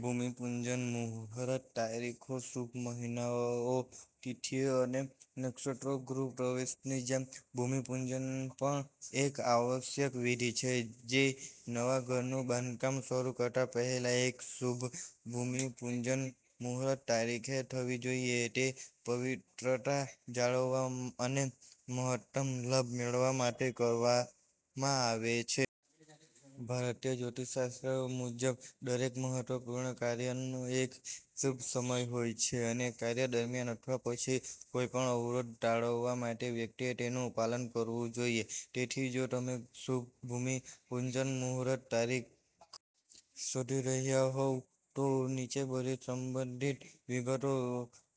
ભૂમિ પૂજન મુહૂર્ત તારીખો શુભ મહિનાઓ, તિથિઓ અને નક્ષત્રો ગૃહપ્રવેશની જેમ, ભૂમિપૂજનપણ એક આવશ્યક વિધિ છે જે નવા ઘરનું બાંધકામ શરૂ કરતા પહેલા એક શુભ ભૂમિપૂજન મુહૂર્ત તારીખે થવી જોઈએ. તે પવિત્રતા જાળવવા અને મહત્તમ લાભ મેળવવા માટે કરવામાં આવે છે. ભારતીય જ્યોતિષશાસ્ત્ર મુજબ, દરેક મહત્વપૂર્ણ કાર્યનો એક શુભ સમય હોય છે, અને કાર્ય દરમિયાન અથવા પછી કોઈપણ અવરોધ ટાળવા માટે વ્યક્તિએ તેનું પાલન કરવું જોઈએ. તેથી, જો તમે શુભ ભૂમિ પૂજન મુહૂર્ત તારીખ શોધી રહ્યા હોવ, તો નીચે બધી સંબંધિત વિગતો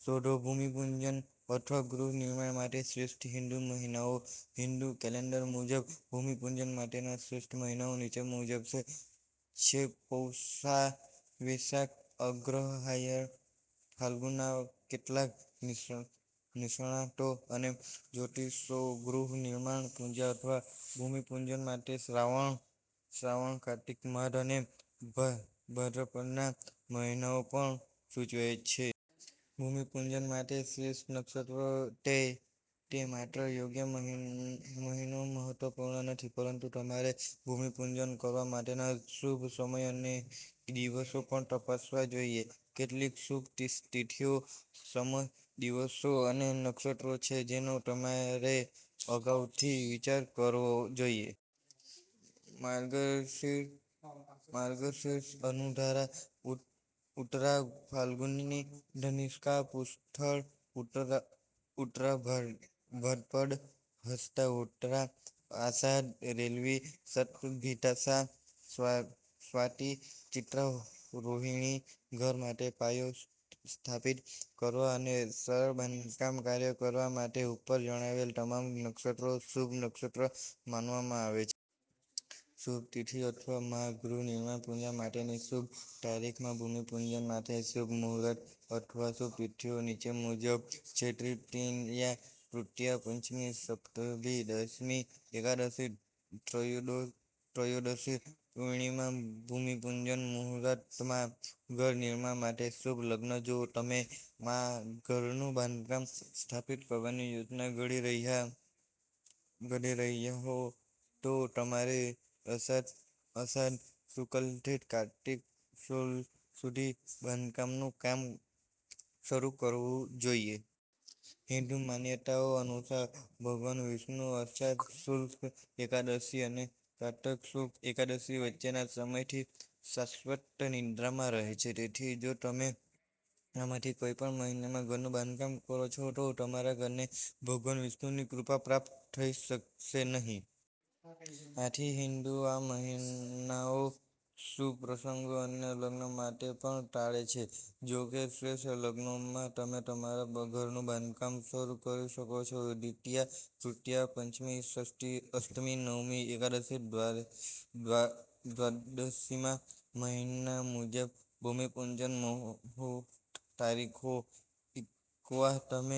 શોધોભૂમિપૂજન અથવા ગૃહ નિર્માણ માટે શ્રેષ્ઠ હિન્દુ મહિનાઓ હિંદુ કેલેન્ડર મુજબ, ભૂમિપૂજન માટેના શ્રેષ્ઠ મહિનાઓ નીચે મુજબ છેપૌષા વૈશાખ અગ્રહાયણ ફાલ્ગુના કેટલાક નિષ્ણાતો અને જ્યોતિષીઓ ગૃહ નિર્માણ પૂજા અથવા ભૂમિપૂજન માટે શ્રાવણ, કાર્તિક, માઘ અને ભાદ્રપદના મહિનાઓ પણ સૂચવે છે. ભૂમિ પૂજન માટે શ્રેષ્ઠ નક્ષત્રો તે માત્ર યોગ્ય મહિનોમહત્વપૂર્ણ નથી, પરંતુ તમારે ભૂમિપૂજન કરવા માટેના શુભ સમય અને દિવસો પણ તપાસવા જોઈએ. કેટલીક શુભ તિથિઓ, સમય, દિવસો અને નક્ષત્રો છે જેનો તમારે અગાઉથી વિચાર કરવો જોઈએ. માર્ગશીર્ષ અનુરાધા ઉત્તરા ફાલ્ગુની ધનિષ્ઠા પુષ્ય ઉત્તરા ભાદ્રપદ હસ્તા ઉત્તરા આષાઢ રેવતી શતભિષા સ્વાતિ ચિત્રા રોહિણી ઘર માટે પાયો સ્થાપિત કરવા અને સરળ બાંધકામ કાર્ય કરવા માટે, ઉપર જણાવેલ તમામ નક્ષત્રો શુભ નક્ષત્રો માનવામાં આવે છે. શુભ તિથિ અથવા માં ગૃહ નિર્માણ પૂજા માટેની શુભ તારીખ માં ભૂમિપૂજન માટે શુભ મુહૂર્ત અથવા શુભ તિથિઓ નીચે મુજબ છેદ્વિતિયા તૃતીયા પંચમી સપ્તમી દશમી એકાદશી ત્રયોદશી પૂર્ણિમા ભૂમિ પૂજન મુહૂર્ત માં ઘર નિર્માણ માટે શુભ લગ્ન જો તમે માં ઘરનું બાંધકામ સ્થાપિત કરવાની યોજના ઘડી રહ્યા હો, તો તમારે અષાઢ શુક્લથી કાર્તિક શુક્લ સુધી બાંધકામનું કામ શરૂકરવું જોઈએ. હિંદુ માન્યતાઓ અનુસાર, ભગવાન વિષ્ણુ અષાઢ શુક્લ એકાદશી અને કારતક શુક્લ એકાદશી વચ્ચેના સમયથી શાશ્વત નિદ્રામાં રહે છે. તેથી, જો તમે આમાંથી કોઈપણ મહિનામાં ઘરનું બાંધકામ કરો છો, તો તમારા ઘરને ભગવાન વિષ્ણુની કૃપા પ્રાપ્ત થઈ શકશે નહીં. આથી, હિન્દુઓ આ મહિનાઓ શુભ પ્રસંગો અને લગ્ન માટે પણ ટાળે છે. જો કે, શ્રેષ્ઠ લગ્નોમાં તમે તમારા ઘરનું બાંધકામ શરૂ કરી શકો છો. દ્વિતીયા, તૃતીયા. પંચમી. ષષ્ઠી, અષ્ટમી, નવમી, એકાદશી, દ્વાદશીમાં મહિના મુજબ ભૂમિપૂજન મુહૂર્ત તારીખો એકવાર તમે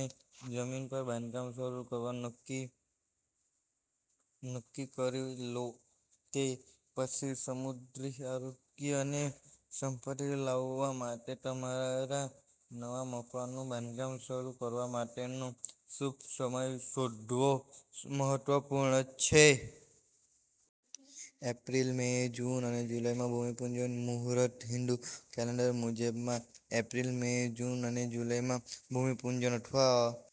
જમીન પર બાંધકામ શરૂ કરવાનું નક્કી કરી લો તે પછી, સમૃદ્ધિ, આરોગ્ય અને સંપત્તિ લાવવા માટે તમારા નવા મકાનનું બાંધકામ શરૂ કરવા માટેનો શુભ સમય શોધવો મહત્વપૂર્ણ છે. એપ્રિલ, મે, જૂન અને જુલાઈમાં ભૂમિપૂજન મુહૂર્ત હિંદુ કેલેન્ડર મુજબ, માં એપ્રિલ, મે, જૂન અને જુલાઈમાં ભૂમિપૂજન અથવા